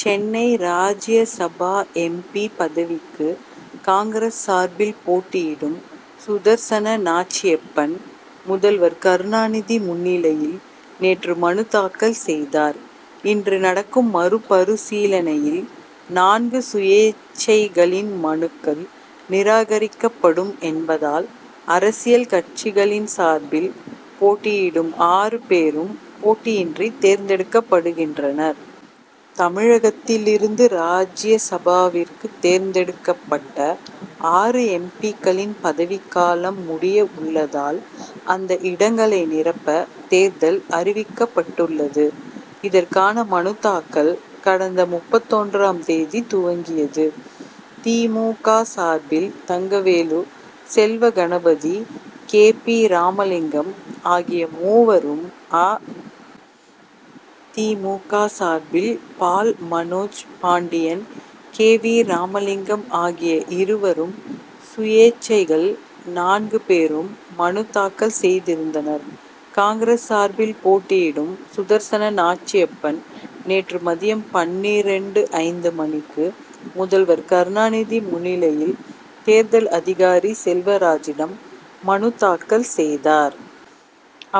Chennai Rajya Sabha M. P. பதவிக்கு Congress சார்பில் போட்டியிடும் சுதர்சன நாச்சியப்பன், முதல்வர் கருணாநிதி முன்னிலையில் நேற்று மனு தாக்கல் செய்தார். இன்று நடக்கும் மனு பரிசீலனையில், நான்கு சுயேச்சைகளின் மனுக்கள் நிராகரிக்கப்படும் என்பதால், அரசியல் கட்சிகளின் சார்பில் போட்டியிடும் ஆறு பேரும் போட்டியின்றி தேர்ந்தெடுக்கப்படுகின்றனர். தமிழகத்திலிருந்து ராஜ்யசபாவிற்கு தேர்ந்தெடுக்கப்பட்ட ஆறு எம். பி.க்களின் பதவிக்காலம் முடிய உள்ளதால், அந்த இடங்களை நிரப்ப தேர்தல் அறிவிக்கப்பட்டுள்ளது. இதற்கான மனு தாக்கல், கடந்த முப்பத்தொன்றாம் தேதி துவங்கியது. தி. மு. க. சார்பில், தங்கவேலு, செல்வகணபதி, கே. பி. ராமலிங்கம் ஆகிய மூவரும், அ. தி. மு. க. சார்பில் பால் மனோஜ் பாண்டியன், கே. வி. ராமலிங்கம் ஆகிய இருவரும், சுயேச்சைகள் நான்கு பேரும் மனு தாக்கல் செய்திருந்தனர். காங்கிரஸ் சார்பில் போட்டியிடும் சுதர்சன நாச்சியப்பன் நேற்று மதியம் பன்னிரண்டு ஐந்து மணிக்கு, முதல்வர் கருணாநிதி முன்னிலையில், தேர்தல் அதிகாரி செல்வராஜிடம் மனு தாக்கல் செய்தார்.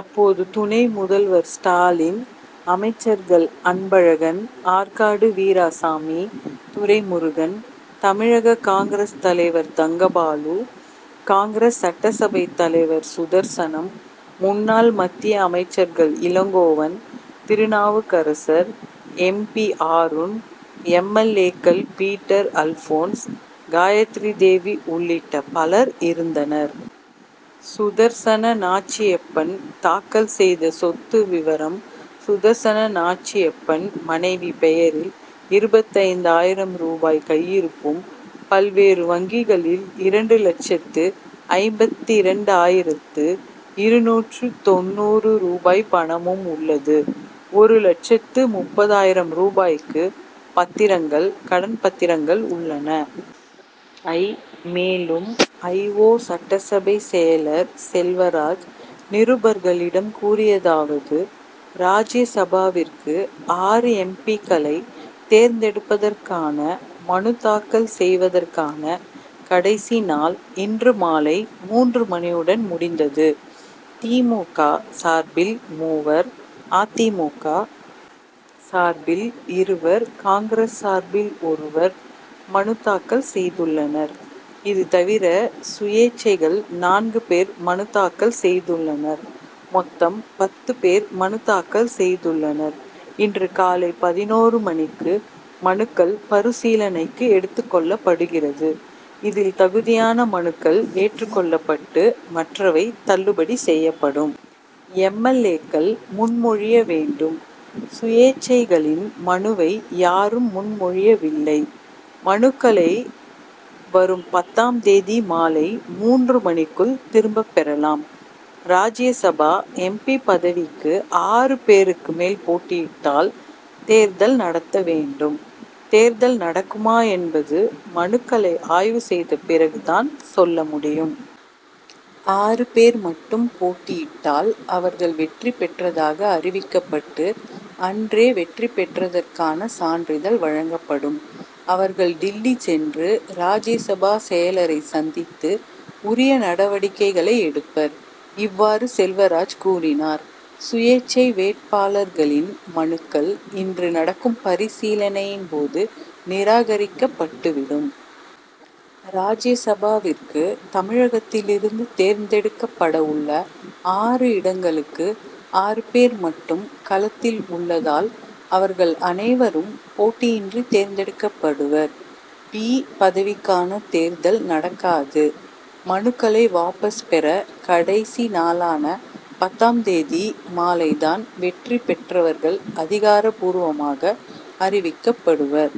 அப்போது துணை முதல்வர் ஸ்டாலின், அமைச்சர்கள் அன்பழகன், ஆற்காடு வீராசாமி, துரைமுருகன், தமிழக காங்கிரஸ் தலைவர் தங்கபாலு, காங்கிரஸ் சட்டசபை தலைவர் சுதர்சனம், முன்னாள் மத்திய அமைச்சர்கள் Elangovan, Thirunavukkarasar, M. P., Aaroon, M. L. ஏ.,க்கள் பீட்டர் அல்போன்ஸ், காயத்ரிதேவி உள்ளிட்ட பலர் இருந்தனர். சுதர்சன நாச்சியப்பன் தாக்கல் செய்த சொத்து விவரம் சுதர்சன நாச்சியப்பன், மனைவி பெயரில் இருபத்தைந்து ஆயிரம் ரூபாய் கையிருப்பும், பல்வேறு வங்கிகளில் இரண்டு லட்சத்து ஐம்பத்திரண்டு ஆயிரத்து இருநூற்று தொண்ணூறு ரூபாய் பணமும் உள்ளது. ஒரு லட்சத்து முப்பது ஆயிரம் ரூபாய்க்கு பத்திரங்கள், கடன் பத்திரங்கள் உள்ளன. ஐ. மேலும், ஐ. ஓ. சட்டசபை செயலர் செல்வராஜ், நிருபர்களிடம் கூறியதாவது ராஜ்யசபாவிற்கு ஆறு எம். பி.,க்களை தேர்ந்தெடுப்பதற்கான மனு தாக்கல் செய்வதற்கான கடைசி நாள் இன்று மாலை மூன்று மணியுடன் முடிந்தது. தி. மு. க. சார்பில் மூவர், அ. தி. மு. க. சார்பில் இருவர், காங்கிரஸ் சார்பில் ஒருவர் மனு தாக்கல் செய்துள்ளனர். இதுதவிர, சுயேச்சைகள் நான்கு பேர் மனு தாக்கல் செய்துள்ளனர். மொத்தம் பத்து பேர் மனு தாக்கல் செய்துள்ளனர். இன்று காலை பதினொரு மணிக்கு, மனுக்கள் பரிசீலனைக்கு எடுத்துக் கொள்ளப்படுகிறது. இதில் தகுதியான மனுக்கள் ஏற்றுக் கொள்ளப்பட்டு, மற்றவை தள்ளுபடி செயப்படும். எல். ஏ.,க்கள் முன்மொழிய வேண்டும். சுயேச்சைகளின் மனுவை யாரும் முன்மொழியவில்லை. மனுக்களை வரும் பத்தாம் தேதி மாலை மூன்று மணிக்குள் திரும்பப் பெறலாம். ராஜ்யசபா எம். பி., பதவிக்கு ஆறு பேருக்கு மேல் பேட்டியிட்டால் தேர்தல் நடத்த வேண்டும். தேர்தல் நடக்குமா என்பது மனுக்களை ஆய்வு செய்த பிறகு தான் சொல்ல முடியும். ஆறு பேர் மட்டும் போட்டியிட்டால், அவர்கள் வெற்றி பெற்றதாக அறிவிக்கப்பட்டு, அன்றே வெற்றி பெற்றதற்கான சான்றிதழ் வழங்கப்படும். அவர்கள் டில்லி சென்று ராஜ்யசபா செயலரை சந்தித்து உரிய நடவடிக்கைகளை எடுப்பர். இவ்வாறு செல்வராஜ் கூறினார். சுயேச்சை வேட்பாளர்களின் மனுக்கள் இன்று நடக்கும் பரிசீலனையின் போது நிராகரிக்கப்பட்டுவிடும். ராஜ்யசபாவிற்கு தமிழகத்திலிருந்து தேர்ந்தெடுக்கப்படவுள்ள ஆறு இடங்களுக்கு, ஆறு பேர் மட்டுமே களத்தில் உள்ளதால், அவர்கள் அனைவரும் போட்டியின்றி தேர்ந்தெடுக்கப்படுவர். பி., பதவிக்கான தேர்தல் நடக்காது. மனுக்களை வாபஸ் பெற கடைசி நாளான பத்தாம் தேதி மாலை தான் வெற்றி பெற்றவர்கள் அதிகாரப்பூர்வமாக அறிவிக்கப்படுவர்.